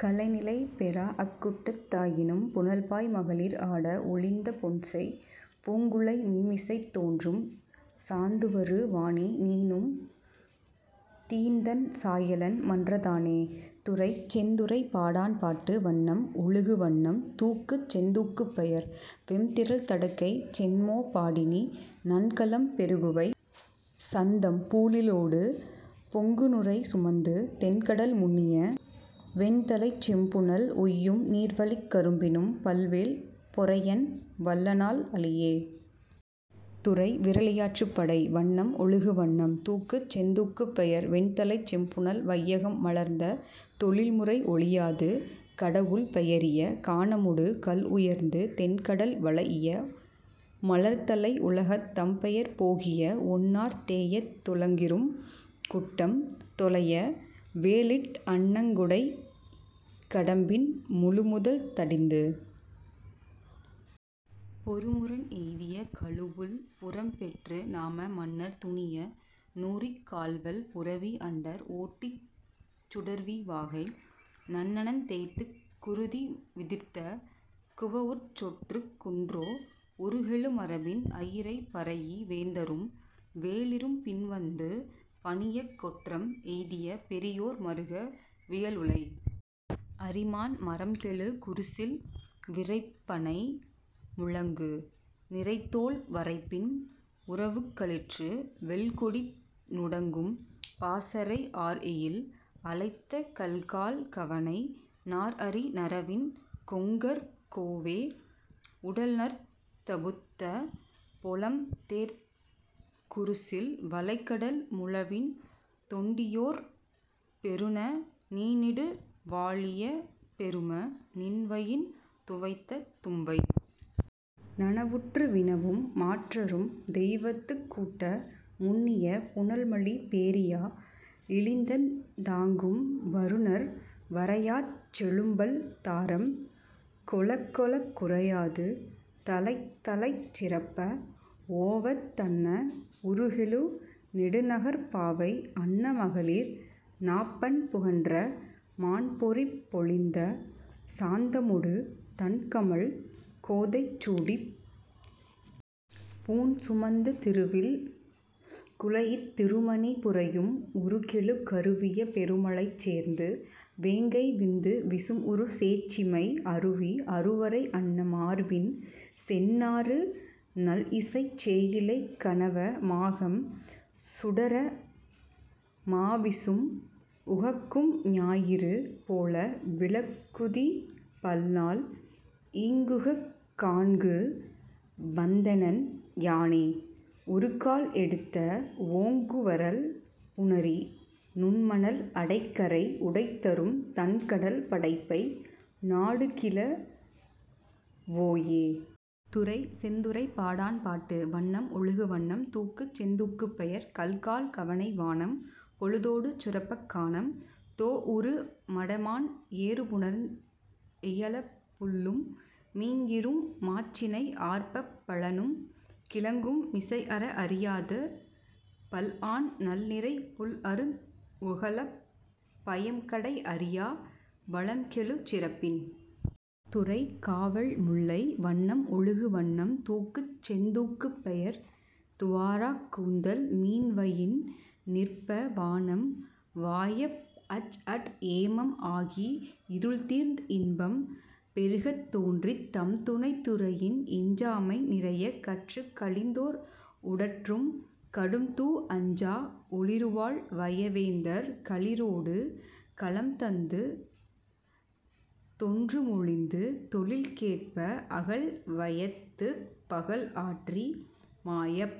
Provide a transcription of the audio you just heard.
கழைநிலை பெறாஅக் குட்டத் தாயினும் புனல்பாய் மகளிர் ஆட ஒழிந்த பொன்செய் பூங்குழை மீமிசைத் தோன்றும் சாந்துவரு வானி நீனும் தீந்தண் சாயலன் மன்ற தானே. துறை: செந்துறைப் பாடாண்பாட்டு வண்ணம்: ஒழுகுவண்ணம் தூக்கு: செந்தூக்கு பெயர்: வெம்திறல் தடக்கை சென்மோ பாடினி நன்கலம் பெறுகுவை சந்தம் பூழிலொடு பொங்குநுரை சுமந்து தெண்கடல் முன்னிய வெண்தலைச் செம்புனல் ஒய்யும் நீர்வழிக் கரும்பினும் பல்வேல் பொறையன் வல்லனால் அளியே. துறை: விறலியாற்றுப்படை வண்ணம்: ஒழுகுவண்ணம் தூக்கு: செந்தூக்கு பெயர்: வெண்தலைச் செம்புனல் வையகம் மலர்ந்த தொழில்முறை ஒழியாது கடவுள் பெயரிய கானமொடு கல்உயர்ந்து தெண்கடல் வளைஇய மலர்தலை உலகத்துத் தம்பெயர் போகிய ஒன்னார் தேயத் துளங்இரும் குட்டம் தொலைய வேல்இட் அணங்உடைக் கடம்பின் முழுமுதல் தடிந்து பொருமுரண் எய்திய கழுவுள் புறம்பெற்று நாம மன்னர் துணிய நூறிக் கால்வல் புரவி அண்டர் ஓட்டிச் சுடர்வீ வாகை நன்னன் தேய்த்துக் குருதி விதிர்த்த குவவுச்சோற்றுக் குன்றோ உருகெழு மரபின் அயிரை பரைஇ வேந்தரும் வேளிரும் பின்வந்து பணியக் கொற்றம் எய்திய பெரியோர் மருக வியல்உளை அரிமான் மறம்கெழு குருசில் விரவுப்பணை முழங்கு நிரைதோல் வரைப்பின் உரவுக்களிற்று வெல்கொடி நுடங்கும் பாசறை ஆர்எயில் அலைத்த கல்கால் கவணை நார்அரி நறவின் கொங்கர் கோவே உடலுநர்த் தபுத்த பொலம்தேர்க் குருசில் வளைகடல் முழவின் தொண்டியோர் பொருந நீநீடு வாழிய பெரும நின்வயின் துவைத்த தும்பை நனவுற்று வினவும் மாற்றரும் தெய்வத்துக் கூட்ட முன்னிய புனல்மலி பேரியா இழிதந் தாங்கு வருநர் வரையாச் செழும்பல் தாரம் கொளக்கொளக் குறையாது தலைத்தலைச் சிறப்ப ஓவத் தன்ன உருகெழு நெடுநகர்ப் பாவை அன்ன மகளிர் நாப்பண் புகன்ற மாண்பொறிப் பொலிந்த சாந்தமொடு தண்கமழ் கோதை சூடிப் பூண்சுமந்து திருவில் குலைஇத் திருமணி புரையும் உருகெழு கருவிய பெருமழை சேர்ந்து வேங்கை விந்து விசும்உறு சேட்சிமை அருவி அருவரை அன்ன மார்பின் சேண்நாறு நல்இசைச் சேயிழை கணவ மாகம் சுடர மாவிசும் உகக்கும் ஞாயிறு போல விளங்குதி பல்நாள் ஈங்குக் காண்கு வந்தனென் யானே உறுகால் எடுத்த ஓங்குவரல் புணரி நுண்மணல் அடைகரை உடைதரும் தண்கடல் படப்பை நாடுகிழ வோயே. துறை: செந்துறைப்பாடாண்பாட்டு வண்ணம்: ஒழுகுவண்ணம் தூக்கு: செந்தூக்கு பெயர்: கல்கால் கவணை வானம் பொழுதொடு சுரப்பக் கானம் தோஉறு மடமான் ஏறுபுணர்ந் இயலப் புள்ளும் மிஞிறும் மாச்சினை ஆர்ப்பப் பழனும் கிழங்கும் மிசைஅற அறியாது பல்ஆன் நல்நிரை புல்அருந் உகளப் பயம்கடை அறியா வளம்கெழு சிறப்பின் துறை: காவல்முல்லை வண்ணம்: ஒழுகுவண்ணம் தூக்கு: செந்தூக்கு பெயர்: துவராக் கூந்தல் மீன்வயின் நிற்ப வானம் வாய்ப்ப அச்அற் ஏமம் ஆகி இருள்தீர்ந் இன்பம் பெருகத் தோன்றித் தம்துணைத் துறையின் எஞ்சாமை நிறையக் கற்றுக் கழிந்தோர் உடற்றும் கடும்தூ அஞ்சா ஒளிறுவாள் வயவேந்தர் களிறொடு கலம்தந்து தொன்றுமொழிந்து தொழில்கேட்ப அகல்வையத்துப் பகல்ஆற்றி மாயாப்